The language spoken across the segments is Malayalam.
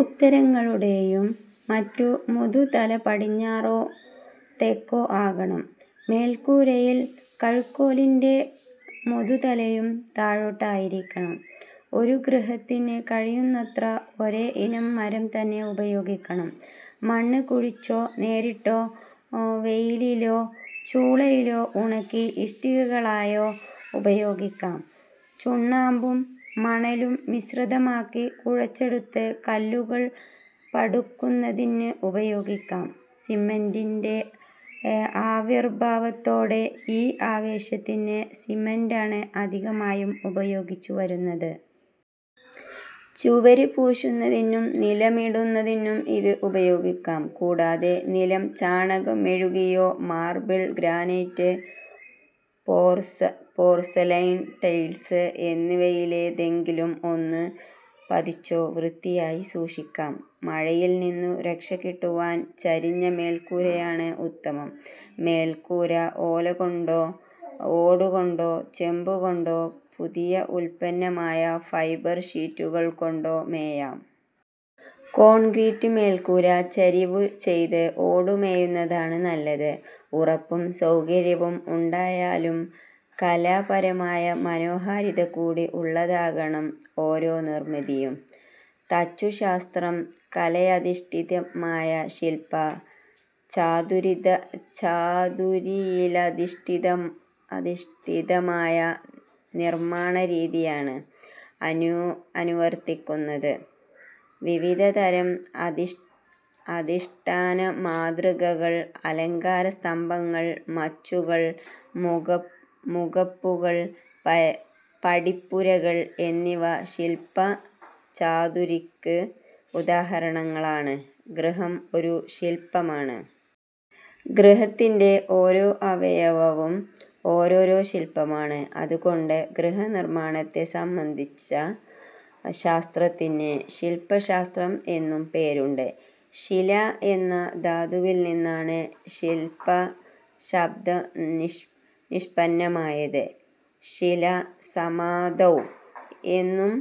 ഉത്തരങ്ങളുടേയും മറ്റും മുതുതല പടിഞ്ഞാറോ തെക്കോ ആകണം. മേൽക്കൂരയിൽ കഴുക്കോലിന്റെ മുതുതലയും താഴോട്ടായിരിക്കണം. ഒരു ഗൃഹത്തിന് കഴിയുന്നത്ര ഒരേ ഇനം മരംതന്നെ ഉപയോഗിക്കണം. മണ്ണു കുഴച്ച് നേരിട്ടോ, വെയിലിലോ ചൂളയിലോ ഉണക്കി ഇഷ്ടികകളായോ ഉപയോഗിക്കാം. ചുണ്ണാമ്പും മണലും മിശ്രിതമാക്കി കുഴച്ചെടുത്തത് കല്ലുകൾ പടുക്കുന്നതിന് ഉപയോഗിക്കാം. സിമന്റിന്റെ ആവിർഭാവത്തോടെ ഈ ആവശ്യത്തിന് സിമന്റാണ് അധികമായും ഉപയോഗിച്ചുവരുന്നത്. ചുവർ പൂശുന്നതിനും നിലമിടുന്നതിനും ഇത് ഉപയോഗിക്കാം. കൂടാതെ നിലം ചാണകം മെഴുകിയോ മാർബിൾ, ഗ്രാനൈറ്റ്, പോർസലൈൻ ടൈൽസ് എന്നിവയിലേതെങ്കിലും ഒന്ന് പതിച്ചോ വൃത്തിയായി സൂക്ഷിക്കാം. മഴയിൽനിന്നു രക്ഷ കിട്ടുവാൻ ചരിഞ്ഞ മേൽക്കൂരയാണ് ഉത്തമം. മേൽക്കൂര ഓലകൊണ്ടോ ഓടുകൊണ്ടോ ചെമ്പുകൊണ്ടോ പുതിയ ഉത്പന്നമായ ഫൈബർ ഷീറ്റുകൾ കൊണ്ടോ മേയാം. കോൺക്രീറ്റ് മേൽക്കൂര ചരിവു ചെയ്ത് ഓടു മേയുന്നതാണ് നല്ലത്. ഉറപ്പും സൗകര്യവും ഉണ്ടായാലും കലാപരമായ മനോഹാരിതകൂടി ഉള്ളതാകണം ഓരോ നിർമിതിയും. തച്ചുശാസ്ത്രം കലയിലധിഷ്ഠിതമായ ശില്പ ചാതുരിയിലധിഷ്ഠിതമായ-നിർമ്മാണരീതിയാണ് അനുവർത്തിക്കുന്നത്. വിവിധതരം അധിഷ്ഠാന മാതൃകകൾ, അലങ്കാര സ്തംഭങ്ങൾ, മച്ചുകൾ, മുഖപ്പുകൾ, പടിപ്പുരകൾ എന്നിവ ശില്പ ചാതുരിക്ക് ഉദാഹരണങ്ങളാണ്. ഗൃഹം ഒരു ശില്പമാണ്. ഗൃഹത്തിന്റെ ഓരോ അവയവവും ഓരോരോ ശില്പമാണ്. അതുകൊണ്ട് ഗൃഹനിർമ്മാണത്തെ സംബന്ധിച്ച ശാസ്ത്രത്തിന് ശില്പശാസ്ത്രം എന്നും പേരുണ്ട്. ശില എന്ന ധാതുവിൽ നിന്നാണ് ശില്പ ശബ്ദം നിഷ്പന്നമായത്. ശില സമാധൗ എന്നും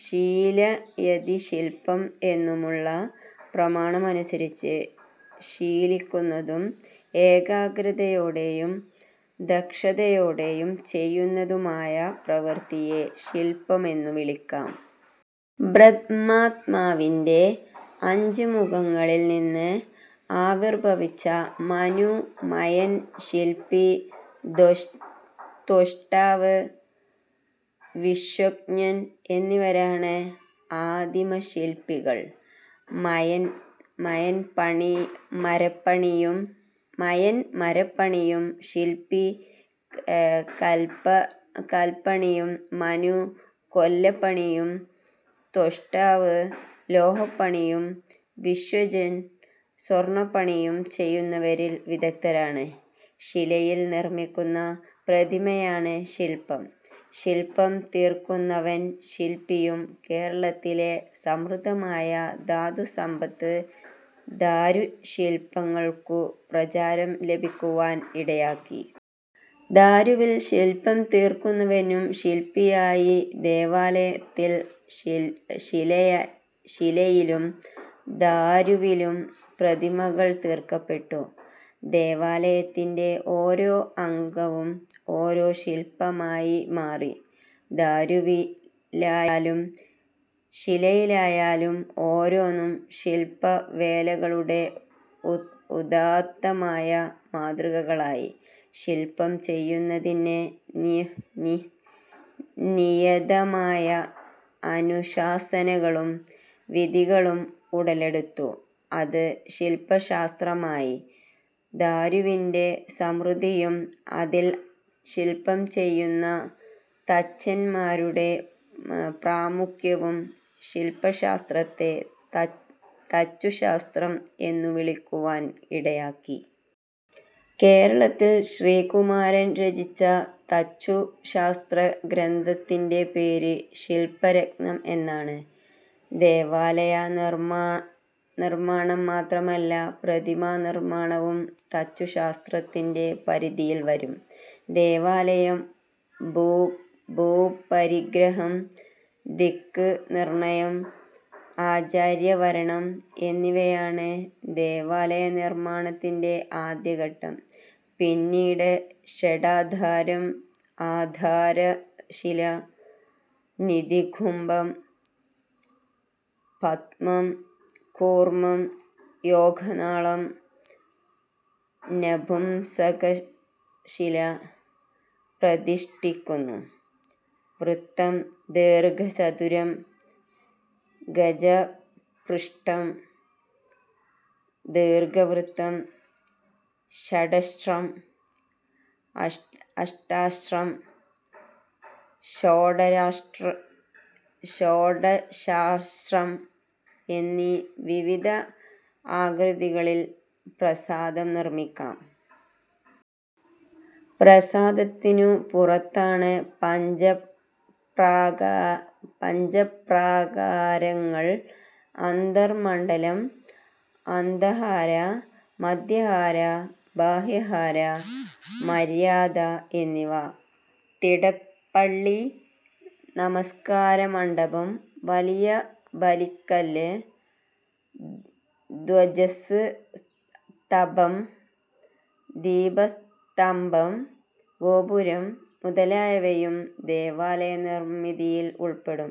ശീലയതി ശില്പം എന്നുമുള്ള പ്രമാണമനുസരിച്ച് ശീലിക്കുന്നതും ഏകാഗ്രതയോടെയും ദക്ഷതയോടെയും ചെയ്യുന്നതുമായ പ്രവൃത്തിയെ ശില്പമെന്നു വിളിക്കാം. ബ്രഹ്മാവിന്റെ അഞ്ച് മുഖങ്ങളിൽ നിന്ന് ആവിർഭവിച്ച മനു, മയൻ, ശില്പി, ത്വഷ്ടാവ്, വിശ്വജ്ഞൻ എന്നിവരാണ് ആദിമശില്പികൾ. മയൻ മരപ്പണിയും ശില്പി കല്പണിയും മനു കൊല്ലപ്പണിയും ത്വഷ്ടാവ് ലോഹപ്പണിയും വിശ്വജ്ഞൻ സ്വർണപ്പണിയും ചെയ്യുന്നവരിൽ വിദഗ്ദ്ധരാണ്. ശിലയിൽ നിർമ്മിക്കുന്ന പ്രതിമയാണ് ശില്പം. ശില്പം തീർക്കുന്നവൻ ശില്പിയും. കേരളത്തിലെ സമൃദ്ധമായ ദാരുസമ്പത്ത് ദാരുശില്പങ്ങൾക്കു പ്രചാരം ലഭിക്കുവാൻ ഇടയാക്കി. ദാരുവിൽ ശില്പം തീർക്കുന്നവനും ശില്പിയായി. ദേവാലയത്തിൽ ശിലയിലും ദാരുവിലും പ്രതിമകൾ തീർക്കപ്പെട്ടു. ദേവാലയത്തിന്റെ ഓരോ അംഗവും ഓരോ ശില്പമായി മാറി. ദാരുവിലായാലും ശിലയിലായാലും ഓരോന്നും ശില്പ വേലകളുടെ ഉദാത്തമായ മാതൃകകളായി. ശില്പം ചെയ്യുന്നതിന് നിയതമായ അനുശാസനകളും വിധികളും ഉടലെടുത്തു. അത് ശില്പശാസ്ത്രമായി. ദാരുവിന്റെ സമൃദ്ധിയും അതിൽ ശില്പം ചെയ്യുന്ന തച്ചന്മാരുടെ പ്രാമുഖ്യവും ശില്പശാസ്ത്രത്തെ തച്ചുശാസ്ത്രം എന്നും വിളിക്കുവാൻ ഇടയാക്കി. കേരളത്തിൽ ശ്രീകുമാരൻ രചിച്ച തച്ചുശാസ്ത്രഗ്രന്ഥത്തിന്റെ പേര് ശില്പരത്നം എന്നാണ്. ദേവാലയ നിർമ്മാണം മാത്രമല്ല, പ്രതിമാ നിർമ്മാണവും തച്ചുശാസ്ത്രത്തിന്റെ പരിധിയിൽ വരും. ദേവാലയം. ഭൂപരിഗ്രഹം, ദിക്നിർണയം, ആചാര്യവരണം എന്നിവയാണ് ദേവാലയ നിർമ്മാണത്തിന്റെ ആദ്യഘട്ടം. പിന്നീട് ഷഡാധാരം ആധാരശില, നിധികുംഭം, പദ്മം, കൂർമം, യോഗനാളം, നപുംസകശില പ്രതിഷ്ഠിക്കുന്നു. വൃത്തം, ദീർഘചതുരം, ഗജപൃഷ്ഠം, ദീർഘവൃത്തം, ഷഡശ്രം, അഷ്ടാശ്രം, ഷോഡശാശ്രം എന്നീ വിവിധ ആകൃതികളിൽ പ്രാസാദം നിർമ്മിക്കാം. പ്രാസാദത്തിനു പുറത്താണ് പഞ്ചപ്രാകാരങ്ങൾ അന്തർമണ്ഡലം, അന്തഹാര, മധ്യഹാര, ബാഹ്യഹാര, മര്യാദ എന്നിവ. തിടപ്പള്ളി, നമസ്കാരമണ്ഡപം, വലിയ ബലിക്കല്ല്, ധ്വജസ് തംഭം, ദീപസ്തംഭം, ഗോപുരം മുതലായവയും ദേവാലയ നിർമിതിയിൽ ഉൾപ്പെടും.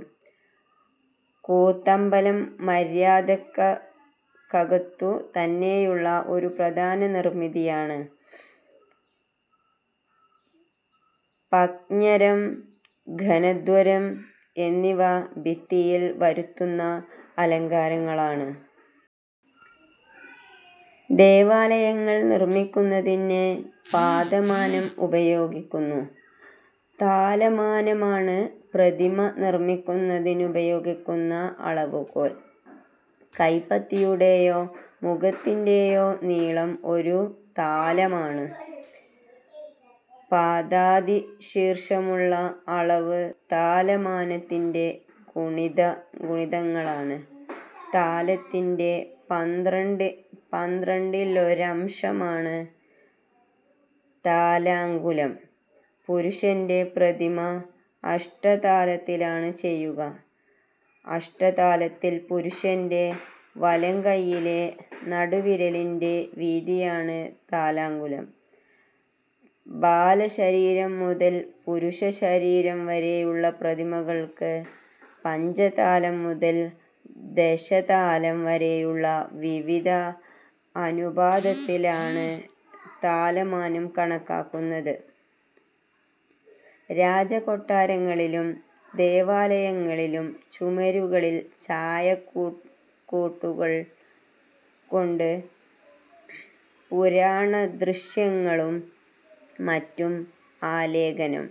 കൂത്തമ്പലം മര്യാദയ്ക്കകത്തു തന്നെയുള്ള ഒരു പ്രധാന നിർമിതിയാണ്. പഞ്ജരം, ഘനദ്വാരം എന്നിവ ഭിത്തിയിൽ വരുത്തുന്ന അലങ്കാരങ്ങളാണ്. ദേവാലയങ്ങൾ നിർമ്മിക്കുന്നതിന് പാദമാനം ഉപയോഗിക്കുന്നു. താലമാനമാണ് പ്രതിമ നിർമ്മിക്കുന്നതിനുപയോഗിക്കുന്ന അളവുകോൽ. കൈപ്പത്തിയുടേയോ മുഖത്തിന്റേയോ നീളം ഒരു താലമാണ്. പാദാദി ശീർഷമുള്ള അളവ് താലമാനത്തിന്റെ ഗുണിതങ്ങളാണ്. താലത്തിന്റെ പന്ത്രണ്ടിലൊരംശമാണ് താലാംഗുലം. പുരുഷന്റെ പ്രതിമ അഷ്ടതാലത്തിലാണ് ചെയ്യുക. അഷ്ടതാലത്തിൽ പുരുഷന്റെ വലംകൈയിലെ നടുവിരലിന്റെ വീതിയാണ് താലാംഗുലം. ബാലശരീരം മുതൽ പുരുഷശരീരം വരെയുള്ള പ്രതിമകൾക്ക് പഞ്ചതാലം മുതൽ ദശതാലം വരെയുള്ള വിവിധ അനുപാതത്തിലാണ് താലമാനം കണക്കാക്കുന്നത്. രാജകൊട്ടാരങ്ങളിലും ദേവാലയങ്ങളിലും ചുമരുകളിൽ ചായക്കൂട്ടുകൾ കൊണ്ട് പുരാണദൃശ്യങ്ങളും മറ്റും ആലേഖനം